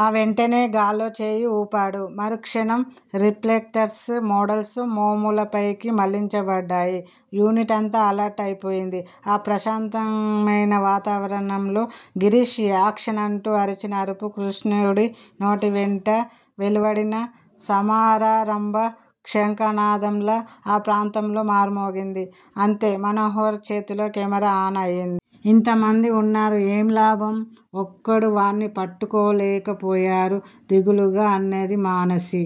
ఆ వెంటనే గాల్లో చేయి వూపాడు. మరుక్షణం రిఫ్లెక్టర్స్ మోడల్స్ మోములపైకి మళ్ళించబడ్డాయి. యూనిట్ అంతా అలర్ట్ అయిపోయింది. ఆ ప్రశాంతమైన వాతవరణంలో గిరీష్ 'యాక్షన్' అంటూ అరిచిన అరుపు కృష్ణుడి నోటివెంట వెలువడిన సమరారంభ శంఖానాదంలా ఆ ప్రాంతంలో మార్మోగింది. అంతే మనోహర్ చేతిలో కెమేరా ఆన్ అయింది. ఇంతమంది ఉన్నారు. ఏం లాభం? ఒక్కడూ వాడ్ని పట్టుకోలేకపోయారు దిగులుగా అన్నది మానసి.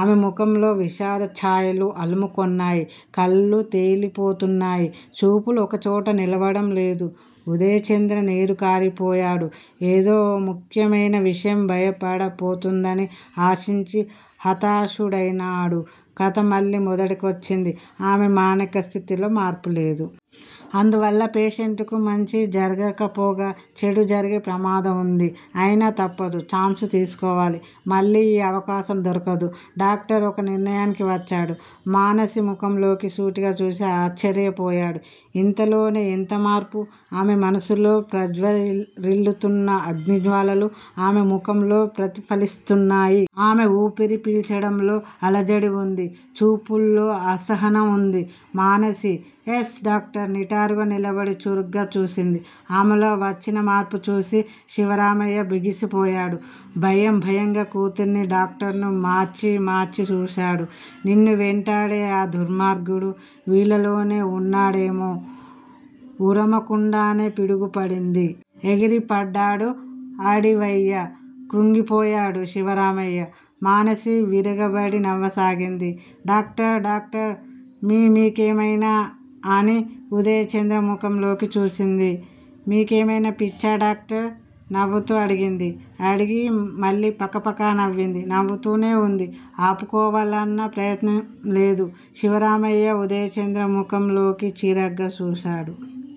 ఆమె ముఖంలో విషాదచ్చాయలు అలుముకొన్నాయి. కళ్ళు తేలిపోతున్నాయి. చూపులు ఒకచోట నిలవడం లేదు. ఉదయచంద్ర నీరుకారిపోయాడు. ఏదో ముఖ్యమైన విషయం భయపడపోతుందని ఆశించి హతాశుడైనాడు. కథ మళ్ళీ మొదటికొచ్చింది. ఆమె మానిక స్థితిలో మార్పులేదు. అందువల్ల పేషెంటుకు మంచి జరగకపోగా చెడు జరిగే ప్రమాదం వుంది. అయినా తప్పదు. ఛాన్సు తీసుకోవాలి. మళ్ళీ ఈ అవకాశం దొరకదు. డాక్టర్ ఒక నిర్ణయానికి వచ్చాడు. మానసి ముఖంలోకి సూటిగా చూసి ఆశ్చర్యపోయాడు. ఇంతలోనే ఎంతమార్పు? ఆమె మనసులో ప్రజ్వరిల్లుతున్న అగ్నిజ్వాలలు ఆమె ముఖంలో ప్రతిఫలిస్తున్నాయి. ఆమె ఊపిరి పీల్చడంలో అలజడివుంది. చూపుల్లో అసహనం ఉంది. మానసీ? యస్. డాక్టర్! నిటారుగా నిలబడి చురుగ్గా చూసింది. ఆమెలో వచ్చినమార్పు చూసి శివరామయ్య బిగిసిపోయాడు. భయం భయంగా కూతుర్నీ, డాక్టర్నూ మార్చి మార్చి చూశాడు. నిన్ను వెంటాడే ఆ దుర్మార్గుడు వీళ్ళల్లోనే వున్నాడేమో? ఉరమకుండానే పిడుగుపడింది. ఎగిరిపడ్డాడు అడివయ్య. క్రుంగిపోయాడు శివరామయ్య. మానసి విరగబడి నవ్వసాగింది. డాక్టర్ డాక్టర్ మీ మీకేమైనా అని ఉదయచంద్ర ముఖంలోకి చూసింది. మీకేమైనా పిచ్చా డాక్టర్? నవ్వుతూ అడిగింది. అడిగి మళ్ళీ పకపకా నవ్వింది. నవ్వుతూనే వుంది. ఆపుకోవాలన్న ప్రయత్నంలేదు. శివరామయ్య ఉదయచంద్ర ముఖంలోకి చిరాగ్గా చూశాడు.